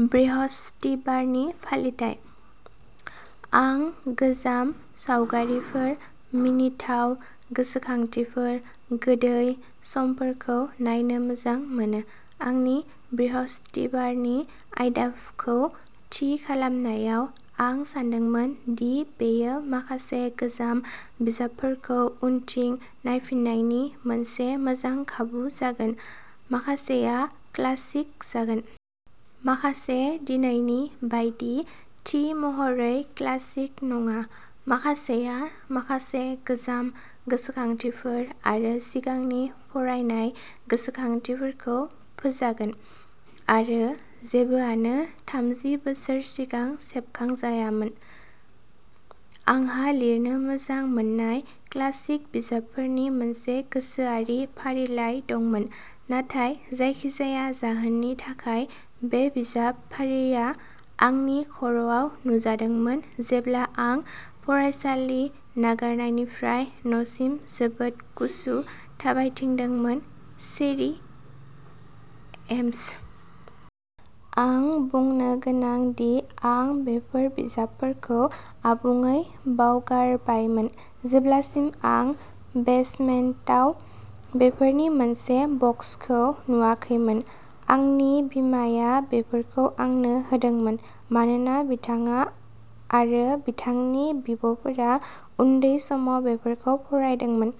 बृहस्पतिबारनि फालिथाय। आं गोजाम सावगारिफोर, मिनिथाव गोसोखांथिफोर, गोदै समफोरखौ नायनो मोजां मोनो। आंनि बृहस्पतिबारनि आयदाखौ थि खालामनायाव, आं सानदोंमोन दि बेयो माखासे गोजाम बिजाबफोरखौ उनथिं नायफिन्नायनि मोनसे मोजां खाबु जागोन। माखासेआ क्लासिक जागोन। माखासे दिनैनि बायदि, थि महरै क्लासिक नङा। माखासेया माखासे गोजाम गोसोखांथिफोर आरो सिगांनि फरायनाय गोसोखांथिफोरखौ फोजागोन। आरो जेबोआनो थामजि बोसोर सिगां सेबखांजायामोन। आंहा लिरनो मोजां मोन्नाय क्लासिक बिजाबफोरनि मोनसे गोसोआरि फारिलाइ दंमोन, नाथाय जायखिजाया जाहोननि थाखाय, बे बिजाब फारिआ आंनि खर'आव नुजादोंमोन जेब्ला आं फरायसालि नागारनायनिफ्राय न'सिम जोबोद गुसु थाबायथिंदोंमोन चेरी एम्स। आं बुंनो गोनां दि आं बेफोर बिजाबफोरखौ आबुङै बावगारबायमोन जेब्लासिम आं बेसमेन्टाव बेफोरनि मोनसे बक्सखौ नुवाखैमोन। आंनि बिमाया बेफोरखौ आंनो होदोंमोन मानोना बिथाङा आरो बिथांनि बिब'फोरा उन्दै समाव बेफोरखौ फरायदोंमोन।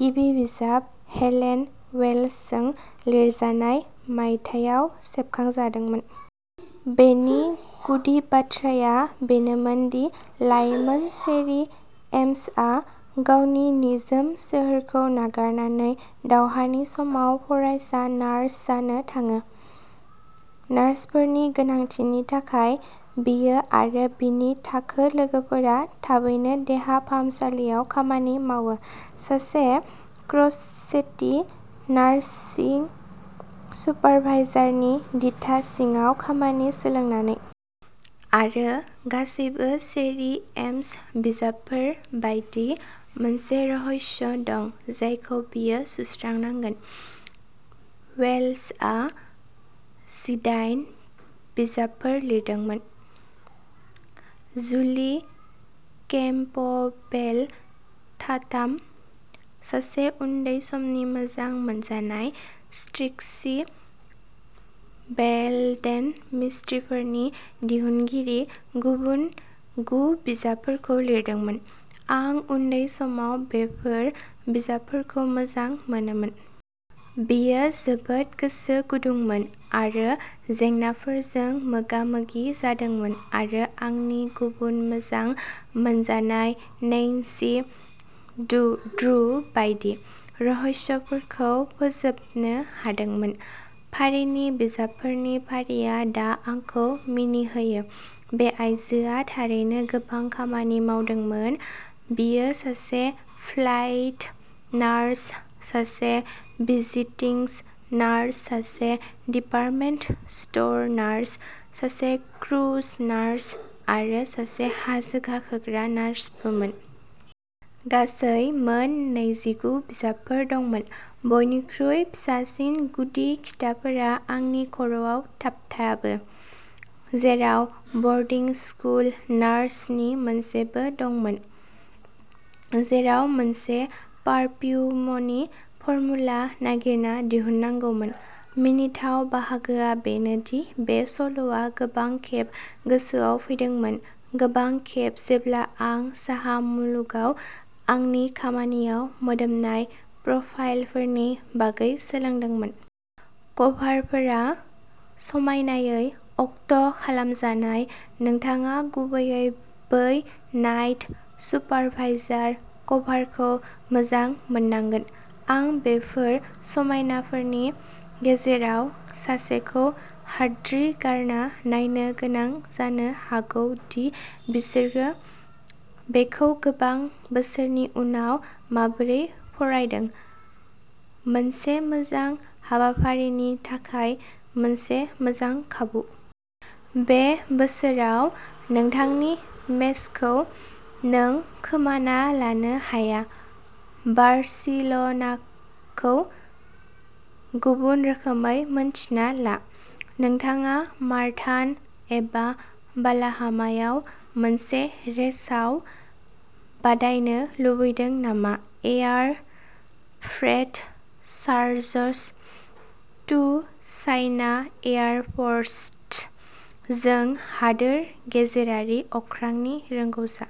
गिबि बिजाब, हेलेन वेल्सजों लिरजानाय, मायथाइयाव सेबखांजादोंमोन। बेनि गुदि बाथ्राया बेनोमोन दि लाइमोन चेरी एम्सआ गावनि निजोम सोहोरखौ नागारनानै दावहानि समाव फरायसा नार्स जानो थाङो। नार्सफोरनि गोनांथिनि थाखाय, बियो आरो बिनि थाखो लोगोफोरा थाबैनो देहा फाहामसालियाव खामानि मावो, सासे क्र'चेटी नार्सिं सुपारभाइजारनि दिथा सिङाव खामानि सोलोंनानै। आरो, गासैबो चेरी एम्स बिजाबफोर बायदि, मोनसे रहस्य दं जायखौ बियो सुस्रांनांगोन। वेल्सआ दिदाइन बिजाबफोर लिरदोंमोन। जुलि कैम्पबेल टाथाम, सासे उन्दै समनि मोजां मोनजानाय, ट्रिक्सी बेल्डेन मिस्ट्रिफोरनि दिहुनगिरि, गुबुन गु बिजाबफोरखौ लिरदोंमोन। आं उन्दै समाव बेफोर बिजाबफोरखौ मोजां मोनोमोन। बियो जोबोद गोसो गुदुंमोन आरो जेंनाफोरजों मोगा-मोगि जादोंमोन आरो आंनि गुबुन मोजां मोनजानाय नैन्सी ड्रू बायदि, रहस्यफोरखौ फोजोबनो हादोंमोन। फारिनि बिजाबफोरनि फारिया दा आंखौ मिनिहोयो। बे आइजोआ थारैनो गोबां खामानि मावदोंमोन। बियो सासे फ्लाइट नार्स, सासे विजिटिं नार्स, सासे डिपार्टमेन्ट स्ट'र नार्स, सासे क्रुज नार्स, आरो सासे हाजो गाखोग्रा नार्सबोमोन। गासै मोन नैजिगु बिजाबफोर दंमोन। बयनिख्रुइ फिसासिन गुदि खिथाफोरा आंनि खर'आव थाबथाबो, जेराव बर्डिं स्कुल नार्स नि मोनसेबो दंमोन, जेराव मोनसे पारफिउमनि फर्मुला नागिरना दिहुननांगौमोन। मिनिथाव बाहागोआ बेनो दि बे सल'आ गोबां खेब गोसोआव फैदोंमोन, गोबां खेब जेब्ला आं साहा मुलुगाव आंनि खामानियाव मोदोमनाय प्रफाइलफोरनि बागै सोलोंदोंमोन। कभारफोरा समायनायै अक्ट' खालामजानाय नोंथाङा गुबैयै बै नाइट सुपारभाइजार कभारखौ मोजां मोननांगोन। आं बेफोर समायनाफोरनि गेजेराव सासेखौ हाद्रि गारना नायनो गोनां जानो हागौ दि बिसोरो बेखौ गोबां बोसोरनि उनाव माबोरै फरायदों। मोनसे मोजां हाबाफारिनि थाखाय मोनसे मोजां खाबु! बे बोसोराव नोंथांनि मेचखौ नों खोमाना लानो हाया बार्सिल'नाखौ गुबुन रोखोमै मिन्थिना ला। नोंथाङा मारथान एबा बालाहामायाव मोनसे रेसाव बादायनो लुबैदों नामा air freight charges to China airports. जों हादोर गेजेरारि अख्रांनि रोंग'सा।